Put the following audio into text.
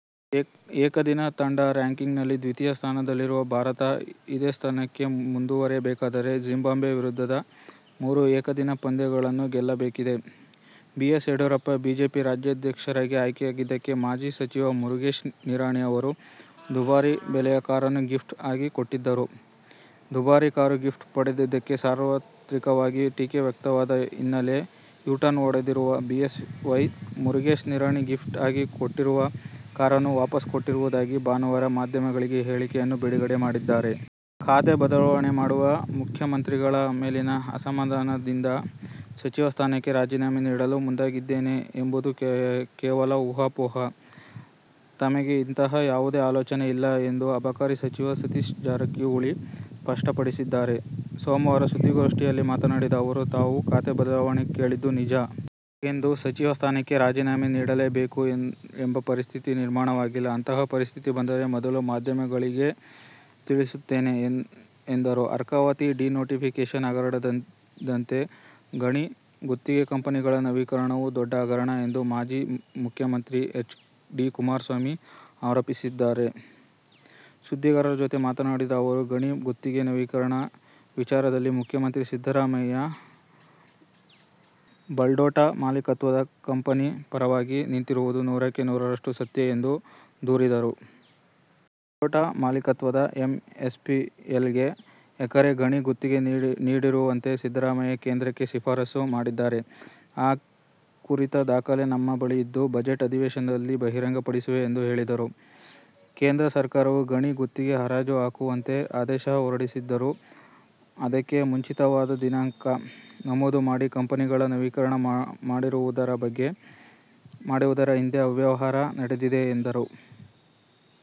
ಏಕದಿನ ತಂಡ ರಾಂಕಿಂಗ್ನಲ್ಲಿ ದ್ವಿತೀಯ ಸ್ಥಾನದಲ್ಲಿರುವ ಭಾರತ ಇದೇ ಸ್ಥಾನದಲ್ಲಿ ಮುಂದುವರಿಯಬೇಕಾದರೆ ಜಿಂಬಾಬ್ವೆ ವಿರುದ್ಧದ ಮೂರೂ ಏಕದಿನ ಪಂದ್ಯಗಳನ್ನು ಗೆಲ್ಲಬೇಕಿದೆ. ಬಿಎಸ್ ಯಡಿಯೂರಪ್ಪ ಬಿಜೆಪಿ ರಾಜ್ಯಾಧ್ಯಕ್ಷರಾಗಿ ಆಯ್ಕೆಯಾಗಿದ್ದಕ್ಕೆ ಮಾಜಿ ಸಚಿವ ಮುರುಗೇಶ್ ನಿರಾಣಿ ಅವರು ದುಬಾರಿ ಬೆಲೆಯ ಕಾರನ್ನು ಗಿಫ್ಟ್ ಆಗಿ ಕೊಟ್ಟಿದ್ದರು. ದುಬಾರಿ ಕಾರು ಗಿಫ್ಟ್ ಪಡೆದಿದ್ದಕ್ಕೆ ಸಾರ್ವತ್ರಿಕವಾಗಿ ಟೀಕೆ ವ್ಯಕ್ತವಾದ ಹಿನ್ನೆಲೆಯಲ್ಲಿ ಯೂ ಟರ್ನ್ ಹೊಡೆದಿರುವ B S Y Murugesh Nirani gift ಆಗಿ ಕೊಟ್ಟಿರುವ ಕಾರನ್ನು ವಾಪಸ್ ಕೊಟ್ಟಿರುವುದಾಗಿ ಭಾನುವಾರ ಮಾಧ್ಯಮಗಳಿಗೆ ಹೇಳಿಕೆಯನ್ನು ಬಿಡುಗಡೆ ಮಾಡಿದ್ದಾರೆ. ಖಾತೆ ಬದಲಾವಣೆ ಮಾಡದ ಮುಖ್ಯಮಂತ್ರಿಗಳ ಮೇಲಿನ ಅಸಮಾಧಾನದಿಂದ ಸಚಿವ ಸ್ಥಾನಕ್ಕೆ ರಾಜೀನಾಮೆ ನೀಡಲು ಮುಂದಾಗಿದ್ದೇನೆ ಎಂಬುದು ಕೇವಲ ಊಹಾಪೋಹ. ತಮಗೆ ಇಂತಹ ಯಾವುದೇ ಆಲೋಚನೆ ಇಲ್ಲ ಎಂದು ಅಬಕಾರಿ ಸಚಿವ ಸತೀಶ ಜಾರಕಿಹೊಳಿ ಸ್ಪಷ್ಟಪಡಿಸಿದ್ದಾರೆ. ಸೋಮವಾರ ಸುದ್ದಿಗೋಷ್ಠಿಯಲ್ಲಿ ಮಾತನಾಡಿದ ಅವರು, ತಾವು ಖಾತೆ ಬದಲಾವಣೆ ಕೇಳಿದ್ದು ನಿಜ. ಹಾಗೆಂದು ಸಚಿವ ಸ್ಥಾನಕ್ಕೆ ರಾಜೀನಾಮೆ ನೀಡಲೇಬೇಕು ಎಂಬ ಪರಿಸ್ಥಿತಿ ನಿರ್ಮಾಣವಾಗಿಲ್ಲ. ಅಂತಹ ಪರಿಸ್ಥಿತಿ ಬಂದರೆ ಮೊದಲು ಮಾಧ್ಯಮಗಳಿಗೇ ತಿಳಿಸುತ್ತೇನೆ ಎಂದರು. ಅರ್ಕಾವತಿ ಡಿ ನೋಟಿಫಿಕೇಷನ್ ಹಗರಣದಂತೆ ಗಣಿ ಗುತ್ತಿಗೆ ಕಂಪನಿಗಳ ನವೀಕರಣವೂ ದೊಡ್ಡ ಹಗರಣ ಎಂದು ಮಾಜಿ ಮುಖ್ಯಮಂತ್ರಿ ಎಚ್. ಡಿ. ಕುಮಾರಸ್ವಾಮಿ ಆರೋಪಿಸಿದ್ದಾರೆ. ಸುದ್ದಿಗಾರರ ಜತೆ ಮಾತನಾಡಿದ ಅವರು, ಗಣಿ ಗುತ್ತಿಗೆ ನವೀಕರಣ ವಿಚಾರದಲ್ಲಿ ಮುಖ್ಯಮಂತ್ರಿ ಸಿದ್ದರಾಮಯ್ಯ ಬಲ್ಡೋಟ ಮಾಲಿಕತ್ವದ ಕಂಪನಿ ಪರವಾಗಿ ನಿಂತಿರುವುದು ನೂರಕ್ಕೆ ನೂರರಷ್ಟು ಸತ್ಯ ಎಂದು ದೂರಿದರು. ಬಲ್ಡೋಟ ಮಾಲಿಕತ್ವದ ಎಂಎಸ್ಪಿಎಲ್ಗೆ ಎಕರೆ ಗಣಿ ಗುತ್ತಿಗೆ ನೀಡುವಂತೆ ಸಿದ್ದರಾಮಯ್ಯ ಕೇಂದ್ರಕ್ಕೆ ಶಿಫಾರಸು ಮಾಡಿದ್ದಾರೆ. ಆ ಕುರಿತ ದಾಖಲೆ ತಮ್ಮ ಬಳಿಯಿದ್ದು, ಬಜೆಟ್ ಅಧಿವೇಶನದಲ್ಲಿ ಬಹಿರಂಗಪಡಿಸುವೆ ಎಂದು ಹೇಳಿದರು. ಕೇಂದ್ರ ಸರ್ಕಾರವು ಗಣಿ ಗುತ್ತಿಗೆ ಹರಾಜು ಹಾಕುವಂತೆ ಆದೇಶ ಹೊರಡಿಸಿದ್ದರೂ ಅದಕ್ಕೆ ಮುಂಚಿತವಾದ ದಿನಾಂಕ ನಮೂದು ಮಾಡಿ ಕಂಪನಿಗಳ ನವೀಕರಣ ಮಾಡಿರುವುದರ ಹಿಂದೆ ಅವ್ಯವಹಾರ ನಡೆದಿದೆ ಎಂದರು.